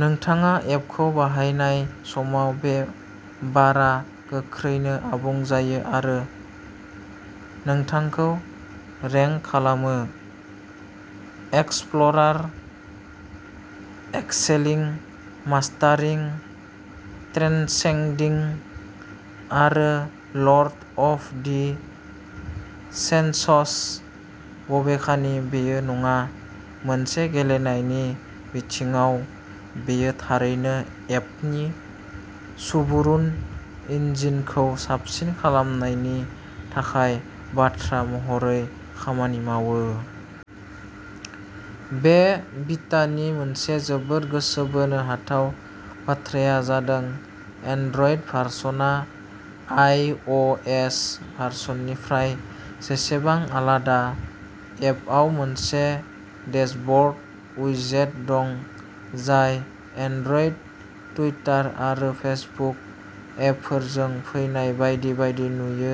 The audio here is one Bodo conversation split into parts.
नोंथाङा एपखौ बाहायनाय समाव, बे बारआ गोख्रैनो आबुं जायो आरो नोंथांखौ रेंक खालामोः "एक्सप्ल'रार, एक्सेलिं, मास्टारिं, ट्रेन्सेंडिं, आरो लर्ड अफ दि सेन्सस। " बबेखानि बेयो नङा। मोनसे गेलेनायनि बिथिङाव, बेयो थारैनो एपनि सुबुरुन इन्जिनखौ साबसिन खालामनायनि थाखाय बान्था महरै खामानि मावो। बे बिटानि मोनसे जोबोर गोसो बोनो हाथाव बाथ्राया जादों एन्ड्रइड भारसनआ आइअ'एस भारसननिफ्राय जेसेबां आलादा। एपआव मोनसे डेशबर्ड उइजेट दं, जाय एन्ड्रइड टुइटार आरो फेसबुक एपफोरजों फैनाय बायदि बायदि नुयो।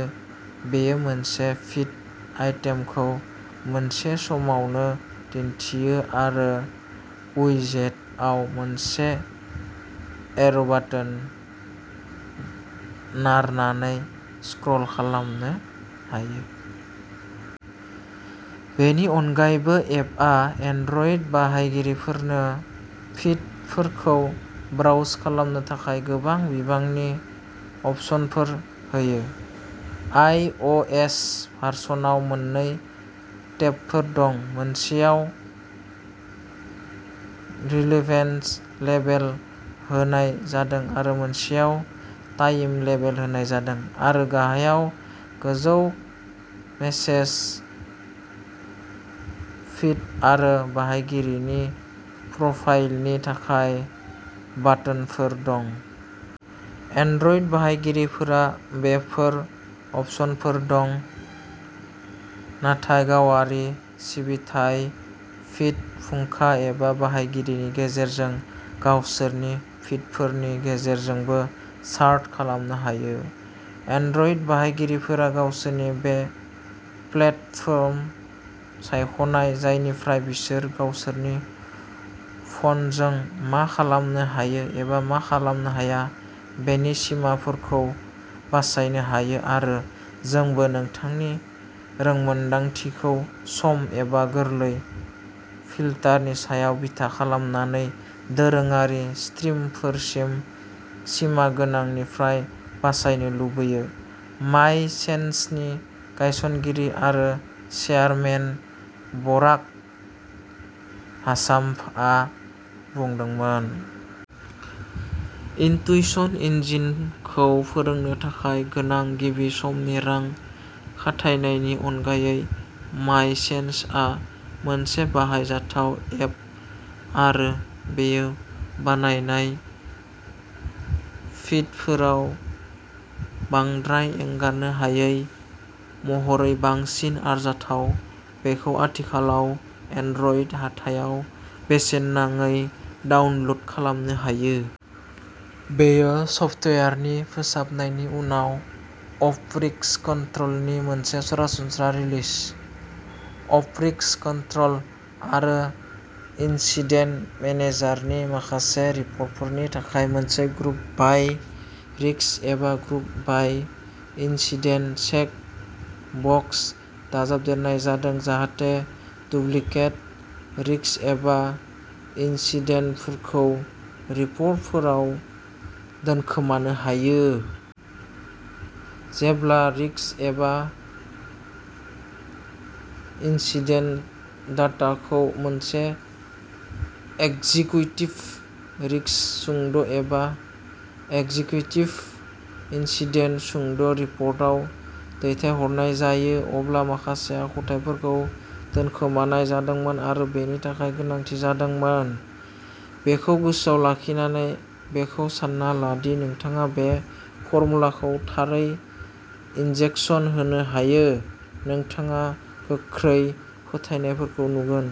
बेयो मोनसे फिड आइटेमखौ मोनसे समावनो दिन्थियो आरो उइजेटआव मोनसे एर'बाटोन नारनानै स्क्रल खालामनो हायो। बेनि अनगायैबो, एपआ एन्ड्रइड बाहायगिरिफोरनो फिडफोरखौ ब्राउज खालामनो थाखाय गोबां बिबांनि अपसनफोर होयो। आइअ'एस भारसनआव मोननै टेबफोर दं, मोनसेयाव "रिलेभेन्स" लेबेल होनाय जादों आरो मोनसेयाव "टाइम" लेबेल होनाय जादों, आरो गाहायाव गोजौ मेसेज, फिड आरो बाहायगिरिनि प्रफाइलनि थाखाय बाटोनफोर दं। एन्ड्रइड बाहायगिरिफोरा बेफोर अपसनफोर दं, नाथाय गावआरि सिबिथाय, फिड फुंखा एबा बाहायगिरिनि गेजेरजों गावसोरनि फिडफोरनि गेजेरजोंबो सार्ट खालामनो हायो। "एन्ड्रइड बाहायगिरिफोरा गावसोरनि बे प्लेटफर्म सायख'नाय जायनिफ्राय बिसोर गावसोरनि फ'नजों मा खालामनो हायो एबा मा खालामनो हाया बेनि सिमाफोरखौ बासायनो हायो, आरो जोंबो नोंथांनि रोंमोनदांथिखौ सम एबा गोरलै फिल्टारनि सायाव बिथा खालामनानै दोरोङारि स्ट्रिमफोरसिम सिमागोनांनिफ्राय बासायनो लुबैयो ", माय सेन्सनि गायसनगिरि आरो चेयारमेन बराक हाचामभआ बुंदोंमोन। इन्टुइशन इन्जिनखौ फोरोंनो थाखाय गोनां गिबि समनि रां खाथायनायनि अनगायै, माय सेन्सआ मोनसे बाहायजाथाव एप, आरो बेयो बानायनाय फिडफोराव बांद्राय एंगारनो हायै महरै बांसिन आरजाथाव। बेखौ आथिखालाव एन्ड्रइड हाथायाव बेसेन नाङै डाउनल'ड खालामनो हायो। बेयो सफ्टवेयारनि फोसाबनायनि उनाव अपरिस्ककन्ट्रोलनि मोनसे सरासनस्रा रिलिज। अपरिस्ककन्ट्रोल आरो इन्सिडेन्ट मेनेजारनि माखासे रिपर्टफोरनि थाखाय मोनसे ग्रुप बाइ रिस्क एबा group by incident check box दाजाबदेरनाय जादों जाहाथे डुप्लिकेट रिस्क एबा इन्सिडेन्टफोरखौ रिपर्टफोराव दोनखोमानो हायो। जेब्ला रिस्क एबा इन्सिडेन्ट डाटाखौ मोनसे एक्जिक्युटिभ रिस्क सुंद'एबा एक्जिक्युटिभ इन्सिडेन्ट सुंद'रिपर्टआव दैथायहरनाय जायो, अब्ला माखासे आखुथाइफोरखौ दोनखोमानाय जादोंमोन आरो बेनि थाखाय गोनांथि जादोंमोन। बेखौ गोसोआव लाखिनानै, बेखौ सान्ना ला दि नोंथाङा बे फर्मुलाखौ थारै इन्जेकसन होनो हायो, नोंथाङा गोख्रै फिथायफोरखौ नुगोन।